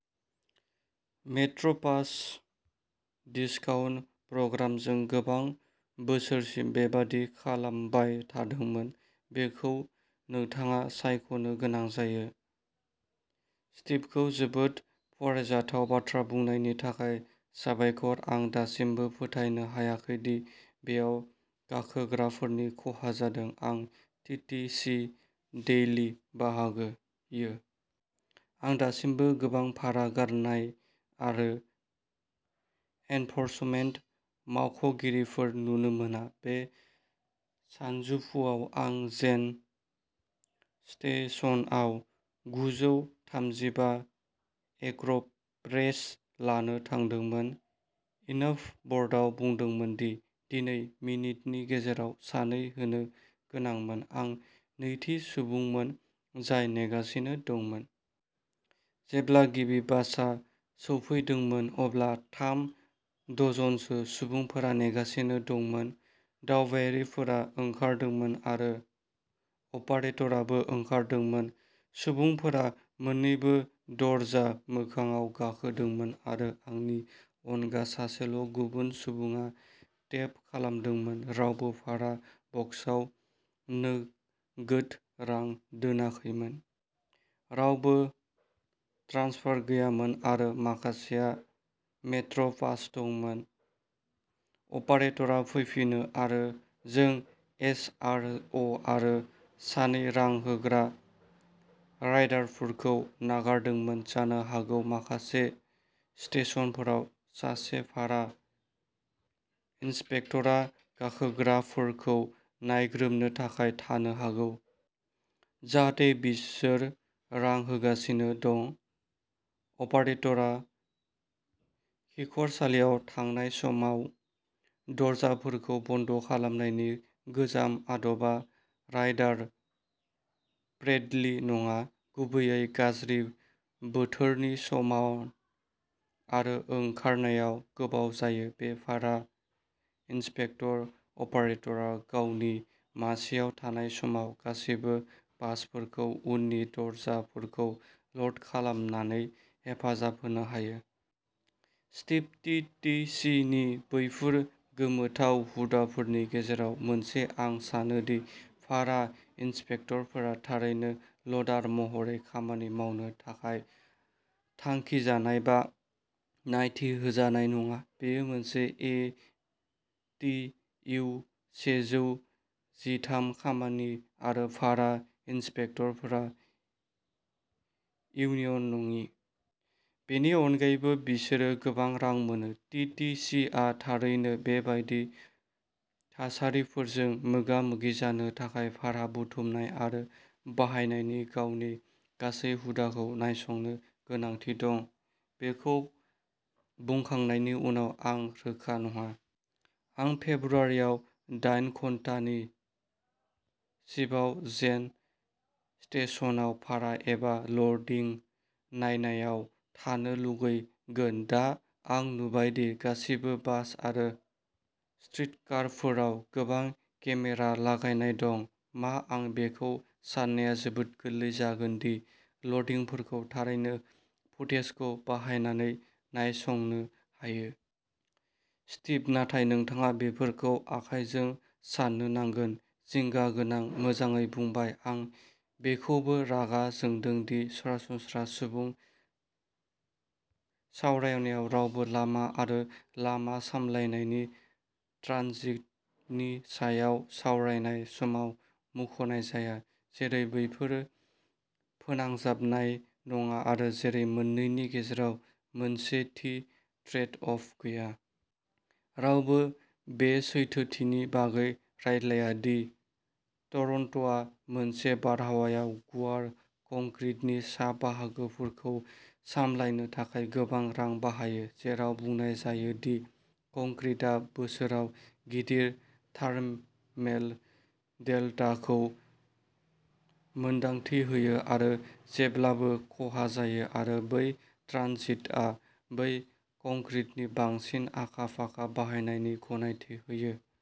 Metro' pass discount प्रग्रामजों गोबां बोसोरसिम बेबादि खालामबाय थादोंमोन। बेखौ नोंथाङा सायख'नो गोनां जायो। स्टिभखौ जोबोद फरायजाथाव बाथ्रा बुंनायनि थाखाय साबायखर। आं दासिमबो फोथायनो हायाखै दि बेयाव गाखोग्राफोरनि खहा जादों। आं टिटिसि डेइलि बाहागो यो। आं दासिमबो गोबां भारा गारनाय आरो एनफरसमेन्ट मावख'गिरिफोर नुनो मोना। बे सानजौफुआव आं जेन स्टेशनआव गुजौ थामजिबा एक्रप्रेस लानो थांदोंमोन। इनाफ' बर्डआ बुंदोंमोन दि दिनै मिनिटनि गेजेराव सानै होनो गोनांमोन। आं नैथि सुबुंमोन जाय नेगासिनो दंमोन। जेब्ला गिबि बासआ सौफैदोंमोन अब्ला थाम दजनसो सुबुंफोरा नेगासिनो दंमोन। दावबायारिफोरा ओंखारदोंमोन आरो अपारेटरआबो ओंखारदोंमोन। सुबुंफोरा मोननैबो दरजा मोखांआव गाखोदोंमोन आरो आंनि अनगा सासेल' गुबुन सुबुङा टेप खालामदोंमोन। रावबो भारा बक्सआव नोगोद रां दोनाखैमोन। रावबो ट्रान्सफार गैयामोन। आरो माखासेहा मेट्र' पास दंमोन। अपारेटरआ फैफिनो आरो जों एस आर अ' आरो सानै रां होग्रा राइडारफोरखौ नागारदोंमोन। जानो हागौ माखासे स्टेशनफोराव सासे भारा इन्सपेक्टरआ गाखोग्राफोरखौ नायग्रोमनो थाखाय थानो हागौ। जाहाथे बिसोर रां होगासिनो दं। अपारेटरआ खिखरसालियाव थांनाय समाव दरजाफोरखौ बन्द खालामनायनि गोजाम आदबा राइडार फ्रेन्डलि नङा। गुबैयै गाज्रि बोथोरनि समाव आरो ओंखारनायाव गोबाव जायो। बे भारा इन्सपेक्टर अपारेटरआ गावनि मासिआव थानाय समाव गासैबो बासफोरखौ उननि दरजाफोरखौ ल'ड खालामनानै हेफाजाब होनो हायो। स्टीभ: टि टि सि नि बैफोर गोमोथाव हुदाफोरनि गेजेराव मोनसे आं सानो दि भारा इन्सपेक्टरफोरा थारैनो ल'डार महरै खामानि मावनो थाखाय थांखिजानाय बा नायथि होजानाय नङा। बेयो मोनसे ए टि इउ सेजौ जिथाम खामानि आरो भारा इन्सपेक्टरफोरा इउनियन नङि। बेनि अनगायैबो बिसोर गोबां रां मोनो। टि टि सि आ थारैनो बे बायदि थासारिफोरजों मोगा-मोगि जानो थाखाय भारा बुथुमनाय आरो बाहायनायनि गावनि गासै हुदाखौ नायसंनो गोनांथि दं। बेखौ बुंखांनायनि उनाव आं रोखा नङा। आं फेब्रुवारियाव दाइन घन्टानि सिफ्टआव जेन स्टेशनआव भारा एबा ल'डिं नायनायाव थानो लुबैगोन। दा आं नुबाय दि गासिबो बास आरो स्ट्रिटकारफोराव गोबां केमेरा लागायनाय दं। मा आं बेखौ साननाया जोबोद गोरलै जागोन दि ल'डिंफोरखौ थारैनो फुटेजखौ बाहायनानै नायसंनो हायो। स्टीभः नाथाय नोंथाङा बेफोरखौ आखाइजों साननो नांगोन। जिंगा गोनां। मोजाङै बुंबाय। आं बेखौबो रागा जोंदों दि सरासनस्रा सुबुं सावरायनायाव रावबो लामा आरो लामा सामलायनायनि ट्रानजिटनि सायाव सावरायनाय समाव मुंख'नाय जाया। जेरै बेफोर फोनांजाबनाय नङा आरो जेरै मोननैनि गेजेराव मोनसे थि ट्रेड अफ गैया। रावबो बे सैथोथिनि बागै रायज्लाया दि टरन्ट'आ मोनसे बारहावायाव गुवार कंक्रिटनि सा बाहागोफोरखौ सामलायनो थाखाय गोबां रां बाहायो। जेराव बुंनाय जायो दि कंक्रिटआ बोसोराव गिदिर थार्मेल डेल्टाखौ मोन्दांथि होयो आरो जेब्लाबो खहा जायो आरो बै ट्रानजिटआ बै कंक्रिटनि बांसिन आखा-फाखा बाहायनायनि गनायथि होयो।